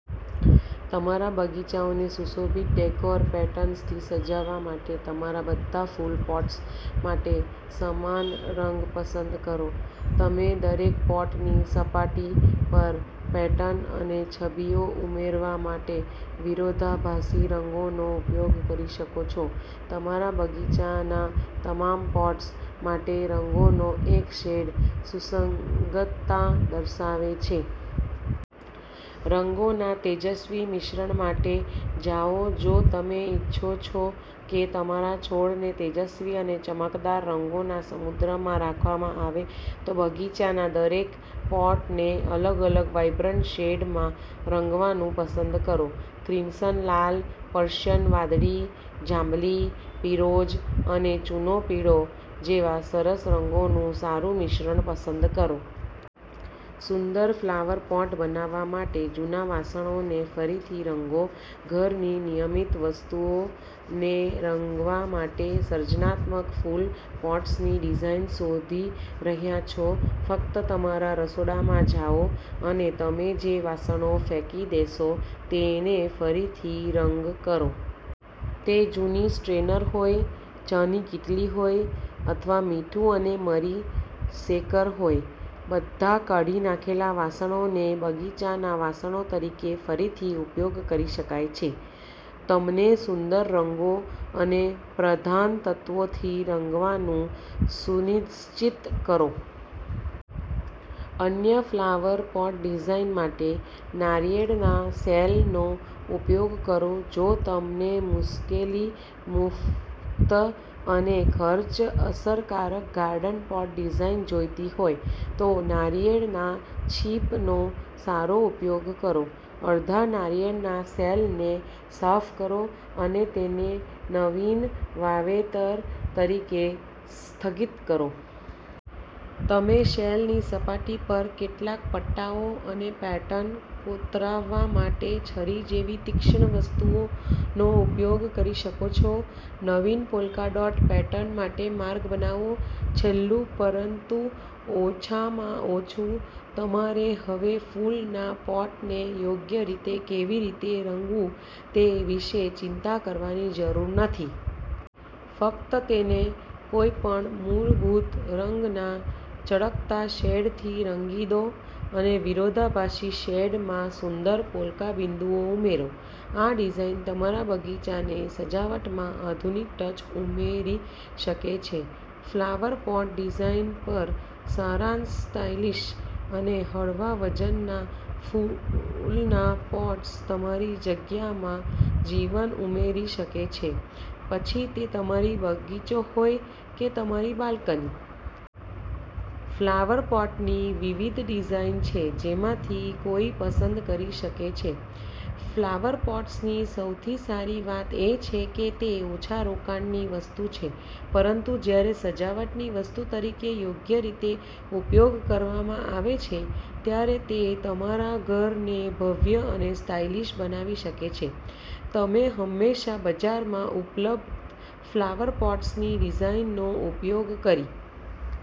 તમારા બગીચાને સુશોભિત ડેકોર પેટર્નથી સજાવવા માટે તમારા બધા ફૂલ પોટ્સ માટે સમાન રંગ પસંદ કરો. તમે દરેક પોટની સપાટી પર પેટર્ન અને છબીઓ ઉમેરવા માટે વિરોધાભાસી રંગોનો ઉપયોગ કરી શકો છો. તમારા બગીચામાંના તમામ પોટ્સ માટે રંગનો એક શેડ સુસંગતતા દર્શાવે છે. રંગોના તેજસ્વી મિશ્રણ માટે જાઓ જો તમે ઇચ્છો છો કે તમારા છોડને તેજસ્વી અને ચમકદાર રંગોના સમુદ્રમાં રાખવામાં આવે, તો બગીચાના દરેક પોટને અલગ-અલગ વાઇબ્રન્ટ શેડમાં રંગવાનું પસંદ કરો. કિરમજી લાલ, પ્રુશિયન વાદળી, જાંબલી, પીરોજ અને ચૂનો પીળો જેવા સરસ રંગોનું સારું મિશ્રણ પસંદ કરો. સુંદર ફ્લાવર પોટ બનાવવા માટે જૂના વાસણોને ફરીથી રંગો ઘરની નિયમિત વસ્તુઓને રંગવા માટે સર્જનાત્મક ફૂલ પોટ્સની ડિઝાઇન શોધી રહ્યાં છો? ફક્ત તમારા રસોડામાં જાઓ અને તમે જે વાસણો ફેંકી દેશો તેને ફરીથી રંગ કરો. તે જૂની સ્ટ્રેનર હોય, ચાની કીટલી હોય, અથવા મીઠું અને મરી શેકર હોય, બધા કાઢી નાખેલા વાસણોનો બગીચાના વાસણો તરીકે ફરીથી ઉપયોગ કરી શકાય છે. તેમને સુંદર રંગો અને પ્રધાનતત્ત્વોથી રંગવાનું સુનિશ્ચિત કરો. અનન્ય ફ્લાવર પોટ ડિઝાઇન માટે નારિયેળના શેલનો ઉપયોગ કરો જો તમને મુશ્કેલી-મુક્ત અને ખર્ચ-અસરકારક ગાર્ડન પોટ ડિઝાઇન જોઈતી હોય, તો નારિયેળના છીપનો સારો ઉપયોગ કરો. અડધા નાળિયેરના શેલને સાફ કરો અને તેને નવીન વાવેતર તરીકે સ્થગિત કરો. તમે શેલની સપાટી પર કેટલાક પટ્ટાઓ અને પેટર્ન કોતરવા માટે છરી જેવી તીક્ષ્ણ વસ્તુનો ઉપયોગ કરી શકો છો. નવીન પોલ્કા ડોટ પેટર્ન માટે માર્ગ બનાવો છેલ્લું પરંતુ ઓછામાં ઓછું, તમારે હવે ફૂલના પોટને યોગ્ય રીતે કેવી રીતે રંગવું તે વિશે ચિંતા કરવાની જરૂર નથી. ફક્ત તેને કોઈપણ મૂળભૂત રંગના ચળકતા શેડથી રંગી દો અને વિરોધાભાસી શેડમાં સુંદર પોલ્કા બિંદુઓ ઉમેરો. આ ડિઝાઇન તમારા બગીચાની સજાવટમાં આધુનિક ટચ ઉમેરી શકે છે. ફ્લાવર પોટ ડિઝાઇન પર સારાંશ સ્ટાઇલિશ અને હળવા વજનના ફૂલના પોટ્સ તમારી જગ્યામાં જીવન ઉમેરી શકે છે, પછી તે તમારો બગીચો હોય કે તમારી બાલ્કની. ફ્લાવર પોટની વિવિધ ડિઝાઈન છે જેમાંથી કોઈ પસંદ કરી શકે છે. ફ્લાવર પોટ્સની સૌથી સારી વાત એ છે કે તે ઓછા રોકાણની વસ્તુ છે, પરંતુ જ્યારે સજાવટની વસ્તુ તરીકે યોગ્ય રીતે ઉપયોગ કરવામાં આવે છે, ત્યારે તે તમારા ઘરને ભવ્ય અને સ્ટાઇલિશ બનાવી શકે છે. તમે હંમેશા બજારમાં ઉપલબ્ધ ફ્લાવર પોટ્સની ડિઝાઇનનો ઉપયોગ કરી